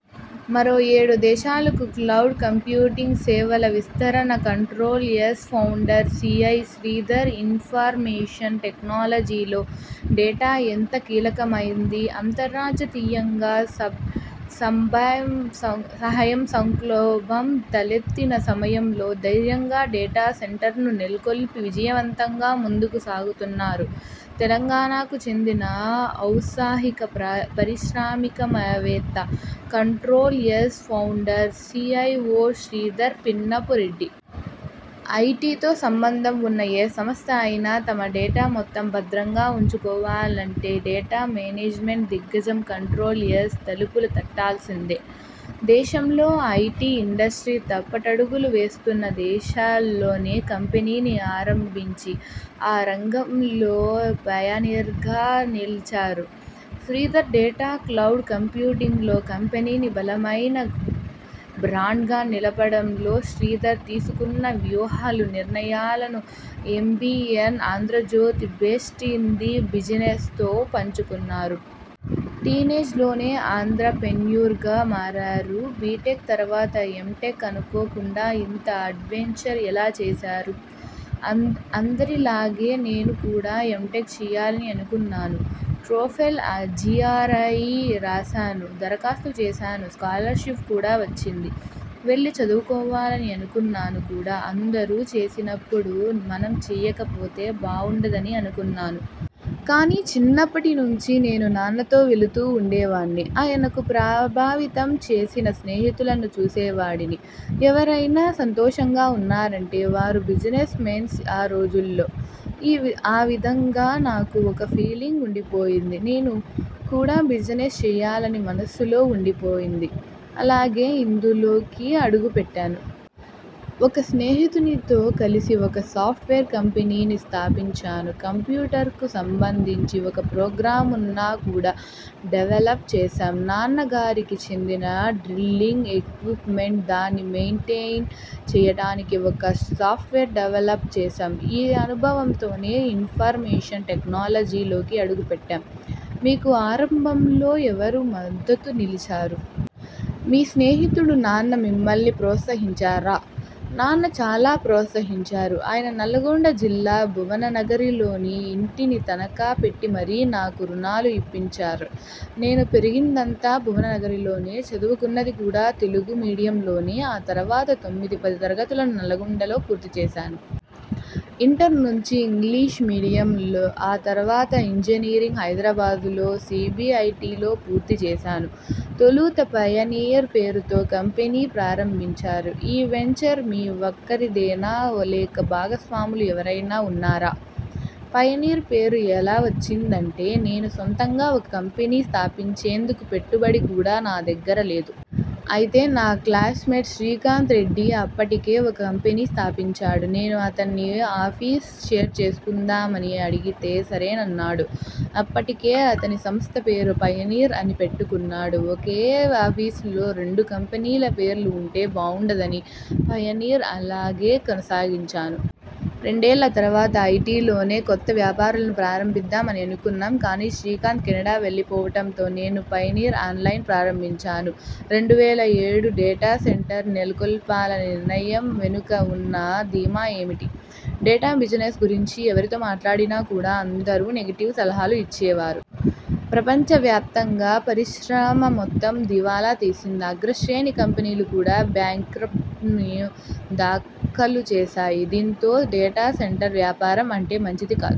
మరో ఏడు దేశాలకు క్లౌడ్ కంప్యూటింగ్ సేవల విస్తరణ Control S founder, CEO Sridhar information టెక్నాలజీలో డేటా ఎంతో కీలకమైంది. అంతర్జాతీయంగా సబ్ప్రైమ్ సంక్షోభం తలెత్తిన సమయంలో ధైర్యంగా డేటా సెంటర్ను నెలకొల్పి విజయవంతంగా ముందుకు సాగుతున్నారు తెలంగాణకు చెందిన ఔత్సాహిక పారిశ్రామికవేత్త, CtrlS founder, CEO Sridhar Pinnapureddy. ఐటితో సంబంధం ఉన్న ఏ సంస్థ అయినా తమ డేటా మొత్తం భద్రంగా ఉంచుకోవాలంటే డేటా మేనేజ్మెంట్ దిగ్గజం కంట్రోల్ఎస్ తలుపులు తట్టాల్సిందే. దేశంలో ఐటి ఇండస్ట్రీ తప్పటడుగులు వేస్తున్న దశలోనే కంపెనీని ఆరంభించి ఈ రంగంలో పయనీర్గా నిలిచారు శ్రీధర్. డేటా, క్లౌడ్ కంప్యూటింగ్లో కంపెనీని బలమైన బ్రాండ్గా నిలపడంలో శ్రీధర్ తీసుకున్న వ్యూహాలు, నిర్ణయాలను 'ABN Andhrajyothy best in the బిజినెస్'తో పంచుకున్నారు. టీనేజ్లోనే ఆంత్రప్రెన్యూర్గా మారారు. బిటెక్ తర్వాత ఎంటెక్ అనుకోకుండా ఇంత అడ్వెంచర్ ఎలా చేశారు? అందరిలాగే నేను కూడా ఎంటెక్ చేయాలని అనుకున్నాను. టోఫెల్, జిఆర్ఇ రాశాను. దరఖాస్తు చేశాను స్కాలర్షిప్ కూడా వచ్చింది. వెళ్లి చదువుకోవాలని అనుకున్నాను కూడా అందరు చేసినప్పుడు మనం చేయకపోతే బావుండదని అనుకున్నాను. కాని చిన్నప్పటి నుంచి నేను నాన్నతో వెళుతూ ఉండేవాన్ని. ఆయనను ప్రభావితం చేసిన స్నేహితులను చూసేవాడిని. ఎవరైనా సంతోషంగా ఉన్నారంటే వారు బిజినెస్ మెన్స్ ఆ రోజుల్లో. ఆ విధంగా నాకు ఒక ఫీలింగ్ ఉండిపోయింది. నేను కూడా బిజినెస్ చేయాలని మనసులో ఉండిపోయింది. అలాగే ఇందులోకి అడుగుపెట్టాను. ఒక స్నేహితునితో కలిసి ఒక సాఫ్ట్వేర్ కంపెనీని స్థాపించాను. కంప్యూటర్కు సంబంధించి ఒక ప్రొగ్రామ్ను కూడా డెవలప్ చేశాం. నాన్న గారికి చెందిన డ్రిల్లింగ్ ఎక్విప్మెంట్, దాన్ని మెయింటెయిన్ చేయటానికి ఒక సాఫ్ట్వేర్ డెవలప్ చేశాం. ఈ అనుభవంతోనే ఇన్ఫర్మేషన్ టెక్నాలజీ లోకి అడుగుపెట్టాం. మీకు ఆరంభంలో ఎవరు మద్దతుగా నిలిచారు? మీ స్నేహితుడు, నాన్న మిమ్మల్ని ప్రోత్సహించారా? నాన్న చాలా ప్రోత్సహించారు. ఆయన నల్లగొండ జిల్లా భువనగిరిలోని ఇంటిని తనఖా పెట్టి మరీ నాకు రుణాలు ఇప్పించారు. నేను పెరిగినదంతా భువనగిరిలోనే చదువుకున్నది కూడా తెలుగు మీడియంలోనే. ఆ తర్వాత తొమ్మిది, పది తరగతులను నల్లగొండలో పూర్తి చేశాను. ఇంటర్ నుంచి ఇంగ్లీష్ మీడియంలో ఆ తర్వాత ఇంజనీరింగ్ హైదరాబాద్ లో సిబిఐటిలో పూర్తి చేశాను. తొలుత పయనీర్ పేరుతో కంపెనీ ప్రారంభించారు. ఈ వెంచర్ మీ ఒక్కరిదేనా లేక భాగస్వాములు ఎవరైనా ఉన్నారా? పయనీర్ పేరు ఎలా వచ్చిందంటే నేను సొంతంగా ఒక కంపెనీ స్థాపించేందుకు పెట్టుబడి కూడా నా దగ్గర లేదు. అయితే నా క్లాస్మేట్ శ్రీకాంత్ రెడ్డి అప్పటికే ఒక కంపెనీ స్థాపించాడు. నేను అతన్ని ఆఫీస్ షేర్ చేసుకుందామని అడిగితే సరేనన్నాడు. అప్పటికే అతని సంస్థ పేరు పయనీర్ అని పెట్టుకున్నాడు. ఒకే ఆఫీస్ లో రెండు కంపెనీల పేర్లు ఉంటే బాగుండదని పయనీర్ని అలాగే కొనసాగించాను. రెండేళ్ల తర్వాత ఐటిలోనే కొత్త వ్యాపారాలను ప్రారంభిద్దాం అని అనుకున్నాం. కాని శ్రీకాంత్ కెనడా వెళ్లిపోవటంతో నేను పయనీర్ ఆన్లైన్ను ప్రారంభించాను. రెండు వేల ఏడులో డేటా సెంటర్ నెలకొల్పాలనే నిర్ణయం వెనుక ఉన్న ధీమా ఏమిటి? డేటా బిజినెస్ గురించి ఎవరితో మాట్లాడినా కూడా అందరు నెగిటివ్ సలహాలు ఇచ్చేవారు. ప్రపంచవ్యాప్తంగా పరిశ్రమ మొత్తం దివాలా తీసింది. అగ్రశ్రేణి కంపెనీలు కూడా బ్యాంక్రప్టసీ ను దాఖలు చేశాయి. దీంతో డేటా సెంటర్ వ్యాపారం అంటే మంచిది కాదు